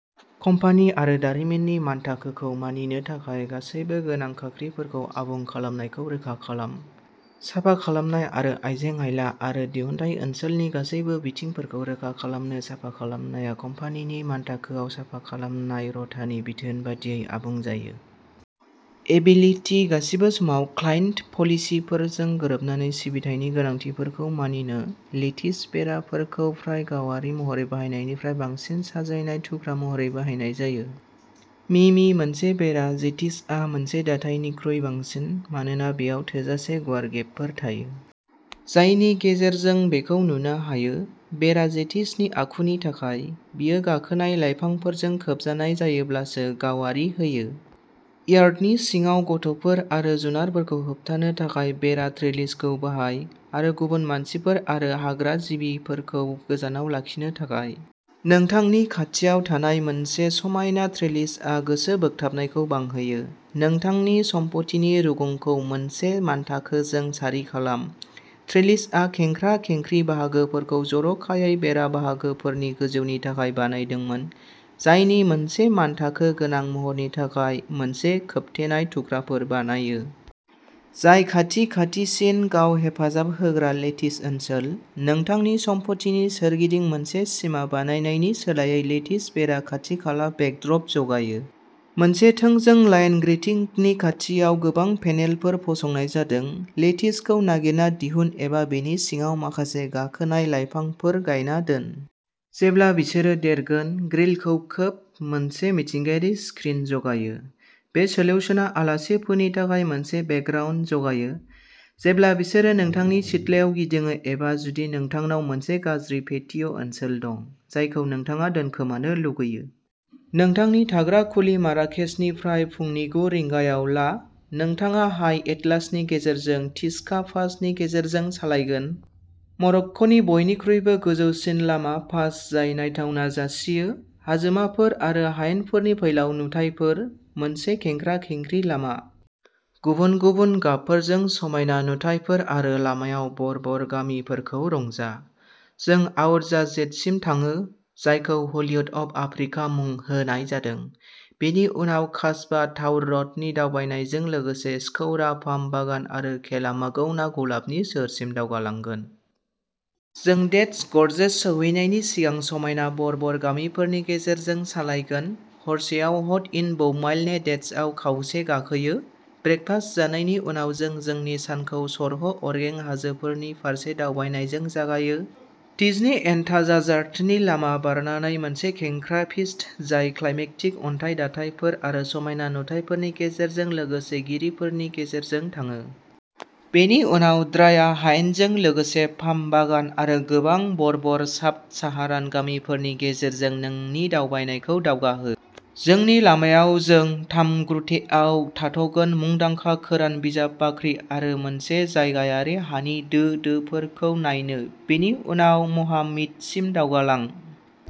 Company आरो दारिमिननि मानथाखोखौ मानिनो थाखाय गासैबो गोनां खाख्रिफोरखौ आबुं खालामनायखौ रोखा खालाम। साफा खालामनाय आरो आइजें-आइला आरो दिहुनथाय ओनसोलनि गासैबो बिथिंफोरखौ रोखा खालामनो साफा खालामनाया कम्पानिनि मानथाखोआव साफा खालामनाय र'टानि बिथोन बायदियै आबुं जायो। एबिलिटि गासिबो समाव क्लाइन्ट पलिसिफोरजों गोरोबनानै सिबिथायनि गोनांथिफोरखौ मानिनो। लेटिस बेराफोरखौ प्राय गावारि महरै बाहायनायनिफ्राय बांसिन साजायनाय थुख्रा महरै बाहायनाय जायो। मि मि मोनसे बेरा जेटिसआ मोनसे दाथायनिख्रुइ बांसिन। मानोना बेयाव थोजासे गुवार गेपफोर थायो। जायनि गेजेरजों बेखौ नुनो हायो। बेरा जेटिसनि आखुनि थाखाय। बेयो गाखोनाय लाइफांफोरजों खोबजानाय जायोब्लासो गावारि होयो। यार्डनि सिङाव गथ'फोर आरो जुनारफोरखौ होबथानो थाखाय बेरा ट्रेलिसखौ बाहाय। आरो गुबुन मानसिफोर आरो हाग्राजिबफोरखौ गोजानाव लाखिनो थाखाय। नोंथांनि खाथियाव थानाय मोनसे समायना ट्रेलिसआ गोसो बोगथाबनायखौ बांहोयो। नोंथांनि सम्पथिनि रुगुंखौ मोनसे मानथाखोजों सारि खालाम। ट्रेलिसआ खेंख्रा-खेंख्रि बाहागोफोरखौ जर'खायै बेरा बाहागोफोरनि गोजौनि थाखाय बानायदोंमोन। जायनि मोनसे मानथाखो गोनां महरनि थाखाय। मोनसे खोबथेनाय थुख्राफोर बानायो। जाय खाथि-खाथिसिन गाव-हेफाजाब होग्रा लेटिस ओनसोल। नोंथांनि सम्पथिनि सोरगिदिं मोनसे सिमा बानायनायनि सोलायै लेटिस बेरा खाथि-खाला बेकड्रप जगायो। मोनसे थोंजों लाइन ग्रेटिंगनि खाथियाव गोबां पेनेलफोर फसंनाय जादों। लेटिसखौ नागिरना दिहुन एबा बिनि सिगाङाव माखासे गाखोनाय लायफांफोर गायना दोन। जेब्ला बिसोरो देरगोन, ग्रिलखौ खोब, मोनसे मिथिंगायारि स्क्रिन जगायो। बे सोल्युशना आलासिफोरनि थाखाय मोनसे बेकग्राउन्ड जगायो। जेब्ला बिसोरो नोंथांनि सिथ्लायाव गिदिङो एबा जुदि नोंथांनाव मोनसे गाज्रि पेटिय' ओनसोल दं। जायखौ नोंथाङा दोनखोमानो लुगैयो। नोंथांनि थाग्रा खुलि माराकेसनिफ्राय फुंनि गु रिंगायाव ला। नोंथाङा हाइ एटलासनि गेजेरजों टिचका पास नि गेजेरजों सालायगोन। मरक्क'नि बयनिख्रुइबो गोजौसिन लामा पास जाय नायथावना जासियो। हाजोमाफोर आरो हायेनफोरनि फैलाव नुथायफोर। मोनसे खेंख्रा-खेंख्रि लामा। गुबुन-गुबुन गाबफोरजों समायना नुथायफोर आरो लामायाव बर्बर गामिफोरखौ रंजा। जों आउरजाजेटसिम थाङो। जायखौ हलीवुड अफ आफ्रिका मुं होनाय जादों। बेनि उनाव कासबाह ताउररटनि दावबायनायजों लोगोसे स्कौरा पाम बागान आरो केला मगौना गलाबनि सोहोरसिम दावगालांगोन। जों डेड्स गरजेस सौहैनायनि सिगां समायना बर्बर गामिफोरनि गेजेरजों सालायगोन। हरसेआव ह'ट इन बौमालने डेड्सआव खावसे गाखोयो। ब्रेकफास्ट जानायनि उनाव जों जोंनि सानखौ सरह' अरगें हाजोफोरनि फारसे दावबायनायजों जागायो। टिजनी एन ताजा जार्टनि लामा बारनानै मोनसे समायना खेंख्रा पिस्ट जाय क्लाइमेक्टिक अन्थाइ दाथायफोर आरो समायना नुथायफोरजों लोगोसे गिरिफोरनि गेजेरजों थाङो। बेनि उनाव द्राया हायेनजों लोगोसे पाम बागान आरो गोबां बर्बर साब साहारान गामिफोरनि गेजेरजों नोंनि दावबायनायखौ दावगाहो। जोंनि लामायाव जों तामग्रुटेआव थाथ'गोन मुंदांखा कोरान बिजाब बाख्रि आरो मोनसे जायगायारि हानि दो दोफोरखौ नायनो। बेनि उनाव म'हामिदसिम दावगालां।